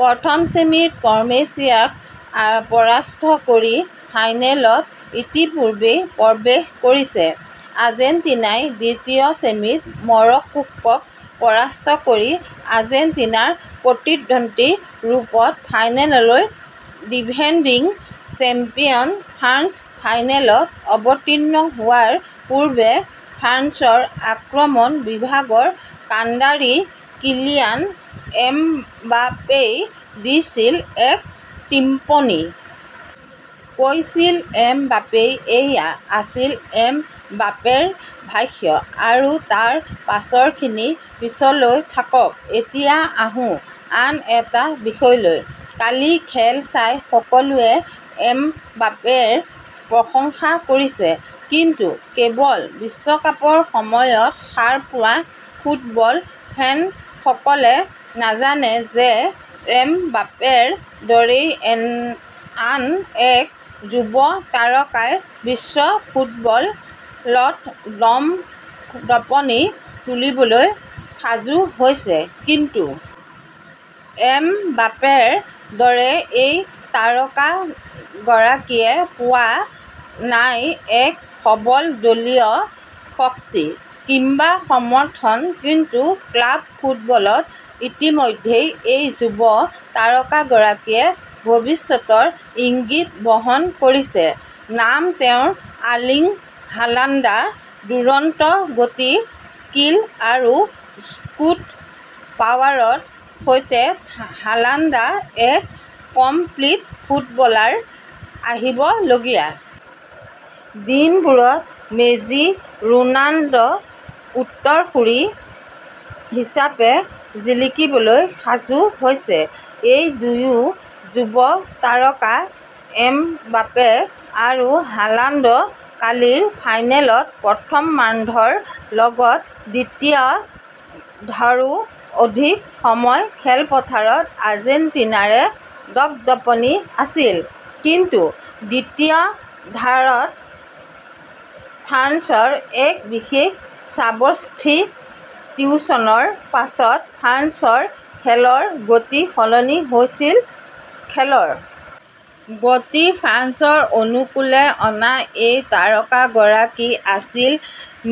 প্ৰথম ছেমিত ক্ৰৱেছিয়াক পৰাস্ত কৰি ফাইনেলত ইতিপূৰ্বেই প্ৰৱেশ কৰিছে। আৰ্জেণ্টিনাই দ্বিতীয় ছেমিত মৰক্কোক পৰাস্ত কৰি আৰ্জেণ্টিনাৰ প্ৰতিদ্বন্দী ৰূপত ফাইনেললৈ ডিফেণ্ডিং চেম্পিয়ন ফ্ৰান্স ফাইনেলত অৱতীৰ্ণ হোৱাৰ পূৰ্বে ফ্ৰান্সৰ আক্ৰমণ বিভাগৰ কাণ্ডাৰী কিলিয়ান এমবাপেই দিছিল এক টিম্পনী। কৈছিল এমবাপেই এয়া আছিল এমবাপেৰ ভাষ্য, বাৰু তাৰ পাছৰখিনি পিছলৈ থাকক, এতিয়া আহোঁ আন দুটা বিষয়লৈ কালি খেল চাই সকলোৱে এমবাপেৰ প্ৰশংসা কৰিছে। কিন্তু কেৱল বিশ্বকাপৰ সময়ত সাৰ পোৱা ফুটবল ফেনসকলে নাজানে যে এমবাপেৰ দৰেই আন এক যুৱ তাৰকাই বিশ্ব ফুটবলত দপ-দপনি তুলিবলৈ সাজু হৈছে। কিন্তু এমবাপেৰ দৰে এই তাৰকাগৰাকীয়ে পোৱা নাই এক সবল দলীয় শক্তি, কিম্বা সমৰ্থন কিন্তু ক্লাৱ ফুটবলত ইতিমধ্যেই এই যুৱ তাৰকাগৰাকীয়ে ভৱিষ্যতৰ ইংগিত বহন কৰিছে। নাম তেওঁৰ আৰ্লিং হালাণ্ড দুৰন্ত গতি স্কীল আৰু শ্বুট পাৱাৰৰ সৈতে হালাণ্ড এক কমপ্লিট ফুটবলাৰ। আহিবলগীয়া দিনবোৰত মেছি-ৰোনাল্ড উত্তৰ-সূৰী হিচাপে জিলিকিবলৈ সাজু হৈছে ।এই দুই যুৱ তাৰকা এমবাপে আৰু হালাণ্ড কালিৰ ফাইনেলত প্ৰথমাৰ্ধৰ লগতে দ্বিতীয়াৰ্ধৰো অধিক সময় খেলপথাৰত আৰ্জেণ্টিনাৰে দপ-দপনি আছিল। কিন্তু দ্বিতীয়াৰ্ধত ফ্ৰান্সৰ এক বিশেষ চাবষ্টিটিউচনৰ পাছত ফ্ৰান্সৰ খেলৰ গতি সলনি হৈছিল। খেলৰ গতি ফ্ৰান্সৰ অনুকুলে অনা এই তাৰকাগৰাকী আছিল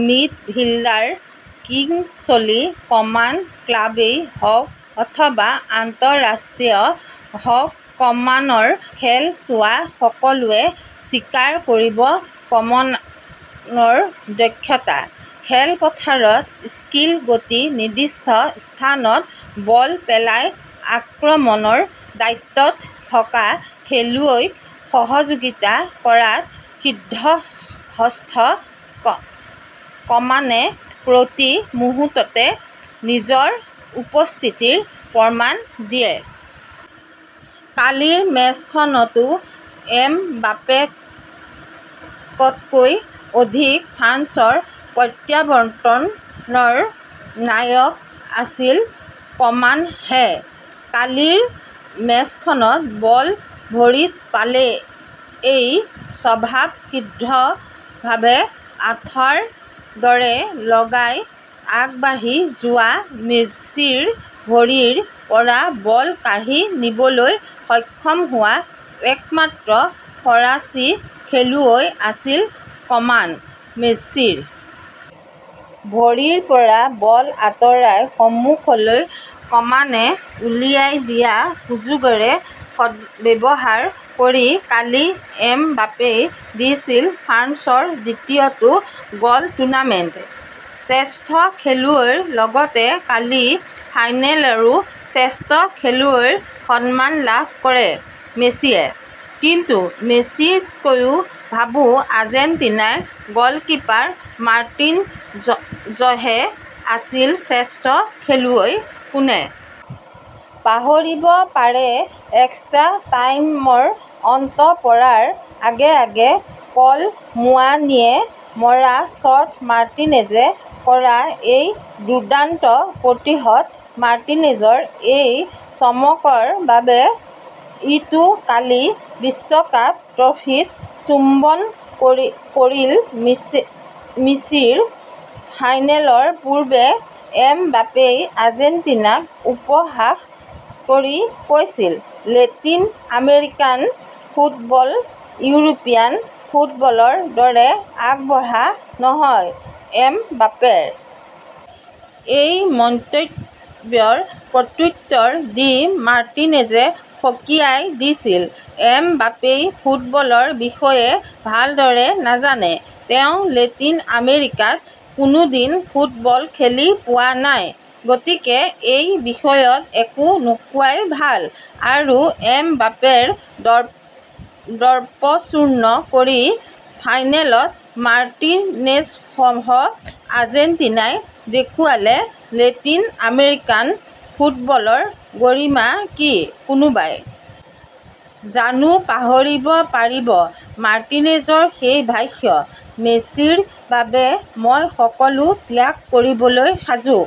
মিডফিল্ডাৰ কিংছলী কমান ক্লাৱেই হওক ,অথবা আন্ত:ৰাষ্ট্ৰীয় হওক, কমানৰ খেল চোৱা সকলোৱে স্বীকাৰ কৰিব কমানৰ দক্ষতা। খেলপথাৰত স্কীল গতি নিৰ্দিষ্ট স্থানত বল পেলাই আক্ৰমণৰ দায়িত্বত থকা খেলুৱৈক সহযোগিতা কৰাত সিদ্ধহস্ত কমানে প্ৰতি মুহূৰ্ততে নিজৰ উপস্থিতিৰ প্ৰমাণ দিয়ে। কালিৰ মেচখনতো এমবাপেতকৈ অধিক ফ্ৰান্সৰ প্ৰত্যাৱৰ্তনৰ নায়ক আছিল কমানহে। কালিৰ মেচখনত বল ভৰিত পালেই স্বভাৱ সিদ্ধভাৱে আঠাৰ দৰে লগাই আগবাঢ়ি যোৱা মেছিৰ ভৰিৰ পৰা বল কাঢ়ি নিবলৈ সক্ষম হোৱা একমাত্ৰ ফৰাচী খেলুৱৈ আছিল কমান। মেছিৰ ভৰিৰ পৰা বল আঁতৰাই সমুখলৈ কমানে ওলিয়াই দিয়া সুযোগৰে সদব্যৱহাৰ কৰি কালি এমবাপেই দিছিল ফ্ৰান্সৰ দ্বিতীয়টো গলটুৰ্ণামেণ্ট। শ্ৰেষ্ঠ খেলুৱৈৰ লগতে কালি ফাইনেলৰো শ্ৰেষ্ঠ খেলুৱৈৰ সন্মান লাভ কৰে মেছিয়ে। কিন্তু মেছিতকৈ ভাবোঁ আৰ্জেণ্টাইন গলকীপাৰ মাৰ্টিনজহে আছিল শ্ৰেষ্ঠ খেলুৱৈ। কোনে পাহৰিব পাৰে এক্সট্ৰা টাইমৰ অন্ত পৰাৰ আগে আগে কল মুৱানিয়ে মৰা শ্বট মাৰ্টিনেজে কৰা সেই দুৰ্দান্ত প্ৰতিহত মাৰ্টিনেজৰ এই চমকৰ বাবে। ইটো কালি বিশ্বকাপ ট্ৰফীত চুম্বন পৰিল মেছিৰ ফাইনেলৰ পূৰ্বে এমবাপেই আৰ্জেণ্টিনাক উপহাস কৰি কৈছিল লেটিন আমেৰিকান ফুটবল ইউৰোপীয়ান ফুটবলৰ দৰে আগবঢ়া নহয়। এমবাপেৰ এই মন্তব্যৰ প্ৰত্যুত্তৰ দি মাৰ্টিনেজে সকীয়াই দিছিল ।এমবাপেই ফুটবলৰ বিষয়ে ভালদৰে নাজানে। তেওঁ লেটিন আমেৰিকাত কোনোদিন ফুটবল খেলি পোৱা নাই। গতিকে তেওঁ এই বিষয়ত একো নোকোৱাই ভাল আৰু এমবাপেৰ দৰ্প চূৰ্ণ কৰি ফাইনেলত মাৰ্টিনেজসহ আৰ্জেণ্টিনাই দেখুৱালে লেটিন আমেৰিকান ফুটবলৰ গৰিমা কি ?কোনোবাই জানো পাহৰিব পাৰিব মাৰ্টিনেজৰ সেই ভাষ্য মেছিৰ বাবে মই সকলো ত্যাগ কৰিবলৈ সাজু।